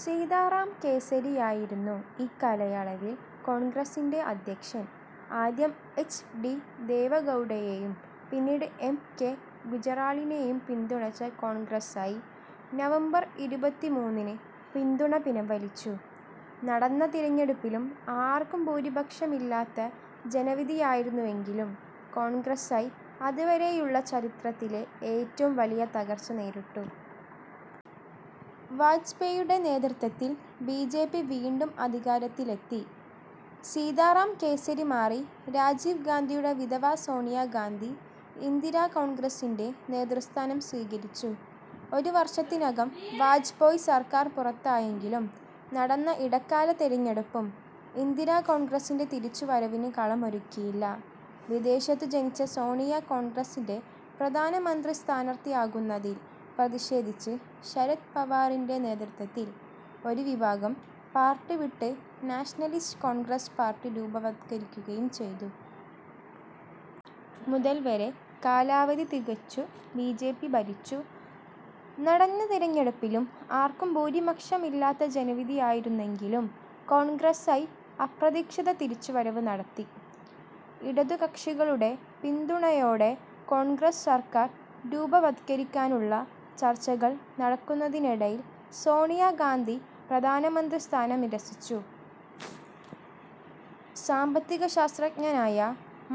സീതാറാം കേസരിയായിരുന്നു ഇക്കാലയളവിൽ കോൺഗ്രസിൻ്റെ അധ്യക്ഷൻ. ആദ്യം എച്ച്. ഡി. ദേവഗൗഡയെയും പിന്നീട് ഐ. കെ. ഗുജ്റാളിനെയും പിന്തുണച്ച കോൺഗ്രസ് ഐ നവംബർ ഇരുപത്തിമൂന്നിന് പിന്തുണ പിൻവലിച്ചു. നടന്ന തിരഞ്ഞെടുപ്പിലും ആർക്കും ഭൂരിപക്ഷമില്ലാത്ത ജനവിധിയായിരുന്നുവെങ്കിലും കോൺഗ്രസ് ഐ അതുവരെയുള്ള ചരിത്രത്തിലെ ഏറ്റവും വലിയ തകർച്ച നേരിട്ടു. വാജ്പേയിയുടെ നേതൃത്വത്തിൽ ബി. ജെ. പി. വീണ്ടും അധികാരത്തിലെത്തി. സീതാറാം കേസരി മാറി രാജീവ് ഗാന്ധിയുടെ വിധവ സോണിയാ ഗാന്ധി ഇന്ദിരാ കോൺഗ്രസിൻ്റെ നേതൃസ്ഥാനം സ്വീകരിച്ചു. ഒരു വർഷത്തിനകം വാജ്പേയി സർക്കാർ പുറത്തായെങ്കിലും നടന്ന ഇടക്കാല തിരഞ്ഞെടുപ്പും ഇന്ദിരാ കോൺഗ്രസിൻ്റെ തിരിച്ചുവരവിനു കളമൊരുക്കിയില്ല. വിദേശത്തു ജനിച്ച സോണിയ കോൺഗ്രസിൻ്റെ പ്രധാനമന്ത്രിസ്ഥാനാർത്ഥിയാകുന്നതിൽ പ്രതിഷേധിച്ച് ശരദ് പവാറിൻ്റെ നേതൃത്വത്തിൽ ഒരു വിഭാഗം പാർട്ടി വിട്ട് നാഷണലിസ്റ്റ് കോൺഗ്രസ് പാർട്ടി രൂപവത്കരിക്കുകയും ചെയ്തിരുന്നു. മുതൽ വരെ കാലാവധി തികച്ചു ബി. ജെ. പി. ഭരിച്ചു. നടന്ന തിരഞ്ഞെടുപ്പിലും ആർക്കും ഭൂരിപക്ഷമില്ലാത്ത ജനവിധിയായിരുന്നുവെങ്കിലും കോൺഗ്രസ് ഐ അപ്രതീക്ഷിത തിരിച്ചുവരവ് നടത്തി. ഇടതുകക്ഷികളുടെ പിന്തുണയോടെ കോൺഗ്രസ് സർക്കാർ രൂപവത്കരിക്കാനുള്ള ചർച്ചകൾ നടക്കുന്നതിനിടയിൽ സോണിയാ ഗാന്ധി പ്രധാനമന്ത്രി സ്ഥാനം നിരസിച്ചു. സാമ്പത്തികശാസ്ത്രജ്ഞനായ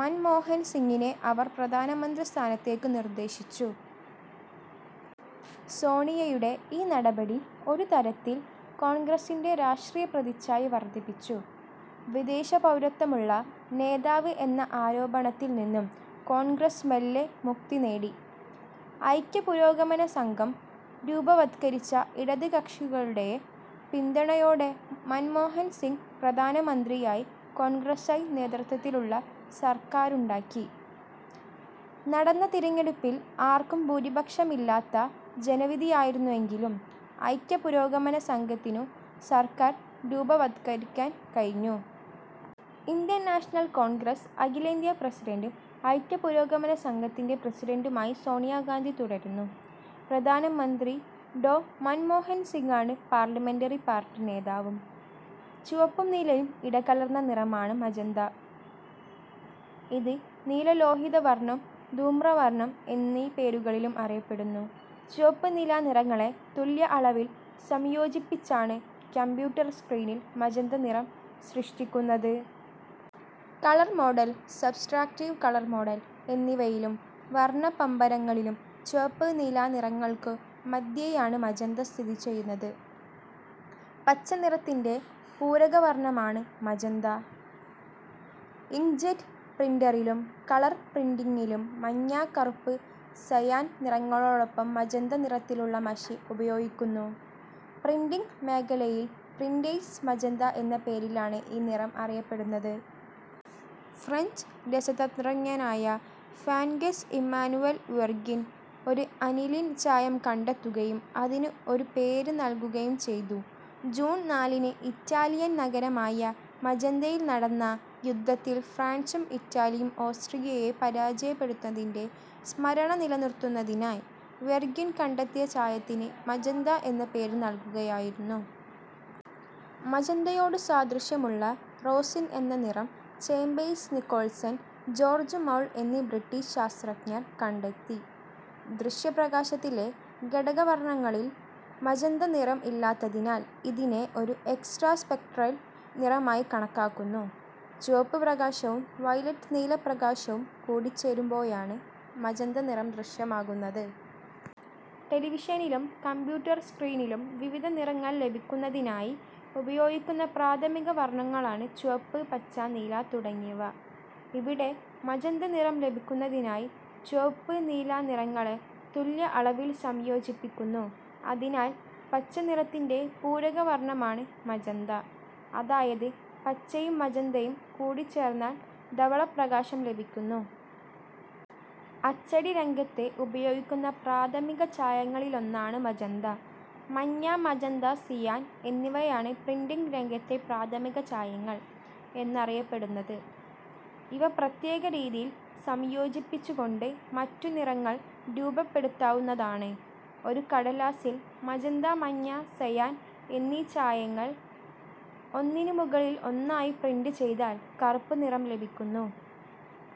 മൻമോഹൻ സിങ്ങിനെ അവർ പ്രധാനമന്ത്രി സ്ഥാനത്തേക്കു നിർദ്ദേശിച്ചു. സോണിയയുടെ ഈ നടപടി ഒരുതരത്തിൽ കോൺഗ്രസിൻ്റെ രാഷ്ട്രീയ പ്രതിച്ഛായ വർധിപ്പിച്ചു. വിദേശപൗരത്വമുള്ള നേതാവ് എന്ന ആരോപണത്തിൽനിന്നും കോൺഗ്രസ് മെല്ലെ മുക്തിനേടി. ഐക്യ പുരോഗമന സഖ്യം രൂപവത്കരിച്ച് ഇടതുകക്ഷികളുടെ പിന്തുണയോടെ മൻമോഹൻ സിങ് പ്രധാനമന്ത്രിയായി കോൺഗ്രസ് ഐ നേതൃത്വത്തിലുള്ള സർക്കാരുണ്ടാക്കി. നടന്ന തിരഞ്ഞെടുപ്പിലും ആർക്കും ഭൂരിപക്ഷമില്ലാത്ത ജനവിധിയായിരുന്നുവെങ്കിലും ഐക്യ പുരോഗമന സഖ്യത്തിനു സർക്കാർ രൂപവത്കരിക്കാൻ കഴിഞ്ഞു. ഇന്ത്യൻ നാഷണൽ കോൺഗ്രസ് അഖിലേന്ത്യാ പ്രസിഡന്റും ഐക്യ പുരോഗമന സഖ്യത്തിൻ്റെ പ്രസിഡന്റുമായി സോണിയാ ഗാന്ധി തുടരുന്നു. പ്രധാനമന്ത്രി ഡോ. മൻമോഹൻ സിങ്ങാണ് പാർലമെന്ററി പാർട്ടി നേതാവും. ചുവപ്പും നീലയും ഇടകലർന്ന നിറമാണ് മജന്ത. ഇത് നീലലോഹിത വർണം, ധൂമ്രവർണം എന്നീ പേരുകളിലും അറിയപ്പെടുന്നു. ചുവപ്പ്, നീല നിറങ്ങളെ തുല്യ അളവിൽ സംയോജിപ്പിച്ചാണ് കമ്പ്യൂട്ടർ സ്ക്രീനിൽ മജന്ത നിറം സൃഷ്ടിക്കുന്നത്. Colour model, subtractive colour model എന്നിവയിലും വർണപ്പമ്പരങ്ങളിലും ചുവപ്പ്, നീല നിറങ്ങൾക്കു മധ്യേയാണ് മജന്ത സ്ഥിതിചെയ്യുന്നത്. പച്ച നിറത്തിൻ്റെ പൂരകവർണമാണ് മജന്ത. ഇങ്ക്ജെറ്റ് പ്രിന്ററിലും കളർ പ്രിന്റിങ്ങിലും മഞ്ഞ, കറുപ്പ്, സയാൻ നിറങ്ങളോടൊപ്പം മജന്ത നിറത്തിലുള്ള മഷി ഉപയോഗിക്കുന്നു. പ്രിന്റിങ് മേഖലയിൽ പ്രിന്റേഴ്സ് മജന്ത എന്ന പേരിലാണ് ഈ നിറം അറിയപ്പെടുന്നത്. ഫ്രഞ്ച് രസതന്ത്രജ്ഞനായ ഫ്രാൻക്വസ് ഇമ്മാനുവൽ വെർഗ്വിൻ ഒരു അനിലിൻ ചായം കണ്ടെത്തുകയും അതിന് ഒരു പേര് നൽകുകയും ചെയ്തു. ജൂൺ നാലിന് ഇറ്റാലിയൻ നഗരമായ മജന്തയിൽ നടന്ന യുദ്ധത്തിൽ ഫ്രാൻസും ഇറ്റലിയും ഓസ്ട്രിയയെ പരാജയപ്പെടുത്തിയതിൻ്റെ സ്മരണ നിലനിർത്തുന്നതിനായി വെർഗ്വിൻ കണ്ടെത്തിയ ചായത്തിന് മജന്ത എന്ന പേര് നൽകുകയായിരുന്നു. മജന്തയോടു സാദൃശ്യമുള്ള റോസിൻ എന്ന നിറം ചേമ്പേഴ്സ് നിക്കോൾസൺ, ജോർജ്ജ് മൗൾ എന്നീ ബ്രിട്ടീഷ് ശാസ്ത്രജ്ഞർ കണ്ടെത്തി. ദൃശ്യപ്രകാശത്തിലെ ഘടകവർണങ്ങളിൽ മജന്ത നിറം ഇല്ലാത്തതിനാൽ ഇതിനെ ഒരു എക്സ്ട്രാ സ്പെക്ട്രൽ നിറമായി കണക്കാക്കുന്നു. ചുവപ്പ് പ്രകാശവും വയലറ്റ് നീല പ്രകാശവും കൂടിച്ചേരുമ്പോഴാണ് മജന്ത നിറം ദൃശ്യമാകുന്നത്. ടെലിവിഷനിലും കമ്പ്യൂട്ടർ സ്ക്രീനിലും വിവിധ നിറങ്ങൾ ലഭിക്കുന്നതിനായി ഉപയോഗിക്കുന്ന പ്രാഥമിക വർണങ്ങളാണ് ചുവപ്പ്, പച്ച, നീല തുടങ്ങിയവ. ഇവിടെ മജന്ത നിറം ലഭിക്കുന്നതിനായി ചുവപ്പ്, നീല നിറങ്ങളെ തുല്യ അളവിൽ സംയോജിപ്പിക്കുന്നു. അതിനാൽ പച്ചനിറത്തിൻ്റെ പൂരകവർണമാണ് മജന്ത. അതായത് പച്ചയും മജന്തയും കൂടിച്ചേർന്നാൽ ധവളപ്രകാശം ലഭിക്കുന്നു. അച്ചടിരംഗത്ത് ഉപയോഗിക്കുന്ന പ്രാഥമിക ചായങ്ങളിലൊന്നാണ് മജന്ത. മഞ്ഞ, മജന്ത, സിയാൻ എന്നിവയാണ് പ്രിന്റിങ് രംഗത്തെ പ്രാഥമിക ചായങ്ങൾ എന്നറിയപ്പെടുന്നത്. ഇവ പ്രത്യേക രീതിയിൽ സംയോജിപ്പിച്ചുകൊണ്ട് മറ്റു നിറങ്ങൾ രൂപപ്പെടുത്താവുന്നതാണ്. ഒരു കടലാസിൽ മജന്ത, മഞ്ഞ, സയാൻ എന്നീ ചായങ്ങൾ ഒന്നിനുമുകളിൽ ഒന്നായി പ്രിന്റ് ചെയ്താൽ കറുപ്പ് നിറം ലഭിക്കുന്നു.